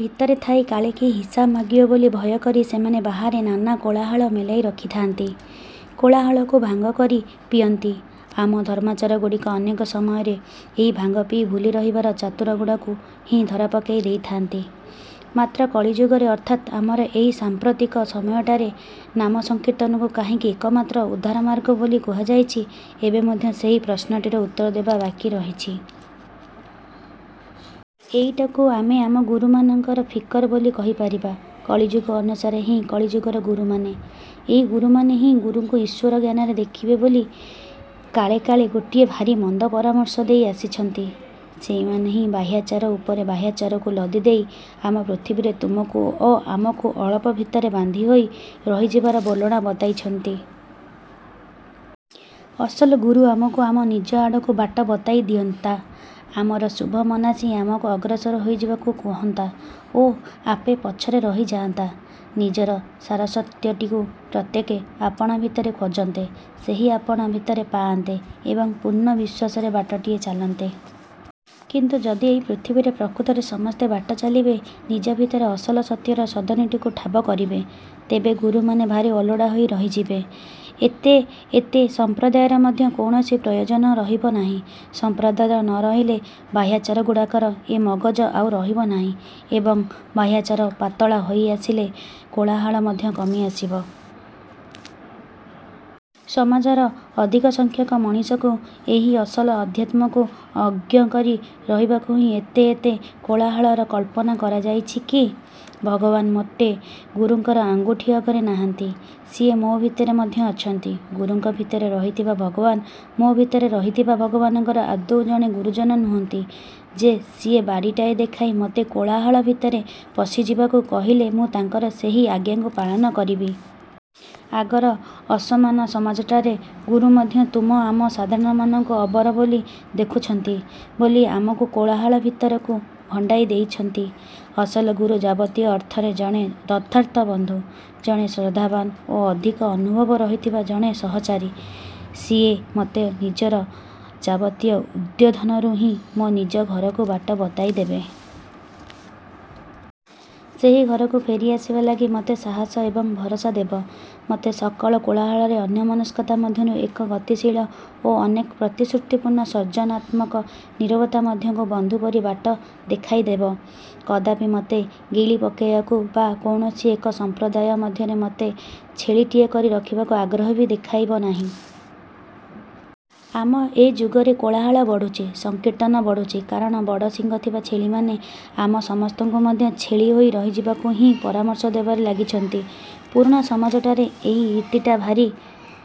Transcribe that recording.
ଭିତରେ ଥାଇ କାଳେ କିଏ ହିସାବ ମାଗିବ ବୋଲି ଭୟ କରି ସେମାନେ ବାହାରେ ନାନା କୋଳାହଳ ମେଲାଇ ରଖିଥାନ୍ତି। କୋଳାହଳକୁ ଭାଙ୍ଗ କରି ପିଅନ୍ତି। ଆମ ଧର୍ମାଚାରଗୁଡ଼ିକ ଅନେକ ସମୟରେ ଏହି ଭାଙ୍ଗ ପିଇ ଭୁଲି ରହିବାର ଚାତରଗୁଡ଼ାକୁ ହିଁ ଧରାପକାଇ ଦେଇଥାନ୍ତି। ମାତ୍ର, କଳିଯୁଗରେ ଅର୍ଥାତ୍ ଆମର ଏହି ସାଂପ୍ରତିକ ସମୟଟାରେ ନାମ ସଂକୀର୍ତ୍ତନକୁ କାହିଁକି ଏକମାତ୍ର ଉଦ୍ଧାରମାର୍ଗ ବୋଲି କୁହାଯାଇଛି, ଏବେ ମଧ୍ୟ ସେହି ପ୍ରଶ୍ନଟିର ଉତ୍ତର ଦେବା ବାକି ରହିଛି। ଏଇଟାକୁ ଆମେ ଆମ ଗୁରୁମାନଙ୍କର ଫିକର ବୋଲି କହିପାରିବା। କଳିଯୁଗ ଅନୁସାରେ ହିଁ କଳିଯୁଗର ଗୁରୁମାନେ। ଏହି ଗୁରୁମାନେ ହିଁ ଗୁରୁଙ୍କୁ ଈଶ୍ୱର ଜ୍ଞାନରେ ଦେଖିବ ବୋଲି କାଳେ କାଳେ ଗୋଟିଏ ଭାରି ମନ୍ଦ ପରାମର୍ଶ ଦେଇ ଆସିଛନ୍ତି। ସେଇମାନେ ହିଁ ବାହ୍ୟାଚାର ଉପରେ ବାହ୍ୟାଚାରକୁ ଲଦି ଦେଇ ଆମ ପୃଥିବୀରେ ତୁମକୁ ଓ ଆମକୁ ଅଳପ ଭିତରେ ବାନ୍ଧି ହୋଇ ରହିଯିବାର ବୋଲଣା ବତାଇଛନ୍ତି। ଅସଲ ଗୁରୁ ଆମକୁ ଆମ ନିଜ ଆଡ଼କୁ ବାଟ ବତାଇ ଦିଅନ୍ତା। ଆମର ଶୁଭ ମନାସି ଆମକୁ ଅଗ୍ରସର ହୋଇଯିବାକୁ କହନ୍ତା ଓ ଆପେ ପଛରେ ରହିଯାଆନ୍ତା। ନିଜର ସାରସତ୍ୟଟିକୁ ପ୍ରତ୍ୟେକେ ଆପଣା ଭିତରେ ଖୋଜନ୍ତେ, ସେଇ ଆପଣା ଭିତରେ ପାଆନ୍ତେ ଏବଂ ପୂର୍ଣ୍ଣ ବିଶ୍ୱାସରେ ବାଟଟିଏ ଚାଲନ୍ତେ। କିନ୍ତୁ, ଯଦି ଏହି ପୃଥିବୀରେ ପ୍ରକୃତରେ ସମସ୍ତେ ବାଟ ଚାଲିବେ, ନିଜ ଭିତରେ ଅସଲ ସତ୍ୟର ସଦନଟିକୁ ଠାବ କରିବେ, ତେବେ ଗୁରୁମାନେ ଭାରି ଅଲୋଡ଼ା ହୋଇ ରହିଯିବେ। ଏତେ ଏତେ ସମ୍ପ୍ରଦାୟର ମଧ୍ୟ କୌଣସି ପ୍ରୟୋଜନ ରହିବ ନାହିଁ। ସଂପ୍ରଦାୟ ନ ରହିଲେ ବାହ୍ୟାଚାର ଗୁଡ଼ାକର ଏ ମଗଜ ଆଉ ରହିବ ନାହିଁ ଏବଂ ବାହ୍ୟାଚାର ପାତଳା ହୋଇଆସିଲେ କୋଳାହଳ ମଧ୍ୟ କମି ଆସିବ। ସମାଜର ଅଧିକସଂଖ୍ୟକ ମଣିଷଙ୍କୁ ଏହି ଅସଲ ଅଧ୍ୟାତ୍ମ୍ୟରୁ ଅଜ୍ଞ କରି ରଖିବାକୁ ହିଁ ଏତେ ଏତେ କୋଳାହଳର କଳ୍ପନା କରାଯାଇଛି କି? ଭଗବାନ ମୋଟେ ଗୁରୁଙ୍କର ଆଙ୍ଗୁଠି ଅଗରେ ନାହାନ୍ତି। ସିଏ ମୋ' ଭିତରେ ମଧ୍ୟ ଅଛନ୍ତି। ଗୁରୁଙ୍କ ଭିତରେ ରହିଥିବା ଭଗବାନ ମୋ ଭିତରେ ରହିଥିବା ଭଗବାନଙ୍କର ଆଦୌ ଜଣେ ଗୁରୁଜନ ନୁହନ୍ତି ଯେ ସିଏ ବାଡ଼ିଟାଏ ଦେଖାଇ ମୋତେ କୋଳାହଳ ଭିତରେ ପଶିଯିବାକୁ କହିଲେ ମୁଁ ତାଙ୍କର ସେହି ଆଜ୍ଞାକୁ ପାଳନ କରିବି। ଆଗର ଅସମାନ ସମାଜଟାରେ ଗୁରୁ ମଧ୍ୟ ତୁମ ଆମ ସାଧାରଣମାନଙ୍କୁ ଅବର ବୋଲି ଦେଖୁଛନ୍ତି ବୋଲି ଆମକୁ କୋଳାହଳ ଭିତରକୁ ଭଣ୍ଡାଇ ଦେଉଛନ୍ତି। ଅସଲ ଗୁରୁ ଯାବତୀୟ ଅର୍ଥରେ ଜଣେ ଯଥାର୍ଥ ବନ୍ଧୁ, ଜଣେ ଶ୍ରଦ୍ଧାବାନ ଓ ଅଧିକ ଅନୁଭବ ରହିଥିବା ଜଣେ ସହଚାରୀ। ସିଏ ମୋତେ ନିଜର ଯାବତୀୟ ଉଦ୍ବୋଧନରେ ହିଁ ମୋ ନିଜ ଘରକୁ ବାଟ ବତାଇଦେବ। ସେହି ଘରକୁ ଫେରି ଆସିବା ଲାଗି ମୋତେ ସାହସ ଏବଂ ଭରସା ଦେବ। ମୋତେ ସକଳ କୋଳାହଳର ଅନ୍ୟମନସ୍କତା ମଧ୍ୟରୁ ଏକ ଗତିଶୀଳ ଓ ଅନେକ ପ୍ରତିଶ୍ରୁତିପୂର୍ଣ୍ଣ ସର୍ଜନାତ୍ମକ ନୀରବତା ମଧକୁ ବନ୍ଧୁ ପରି ବାଟ ଦେଖାଇଦେବ। କଦାପି ମୋତେ ଗିଳିପକାଇବାକୁ ବା କୌଣସି ଏକ ସଂପ୍ରଦାୟ ମଧ୍ୟରେ ମୋତେ ଛେଳିଟିଏ କରି ରଖିବାକୁ ଆଗ୍ରହ ବି ଦେଖାଇବ ନାହିଁ। ଆମ ଏ ଯୁଗରେ କୋଳାହଳ ବଢୁଛି, ସଂକୀର୍ତ୍ତନ ବଢୁଛି, କାରଣ ବଡ଼ ଶିଙ୍ଗ ଥିବା ଛେଳିମାନେ ଆମ ସମସ୍ତଙ୍କୁ ମଧ୍ୟ ଛେଳି ହୋଇ ରହିଯିବାକୁ ହିଁ ପରାମର୍ଶ ଦେବାରେ ଲାଗିଛନ୍ତି। ପୁରୁଣା ସମାଜଟାରେ ଏହି ରୀତିଟା ଭାରି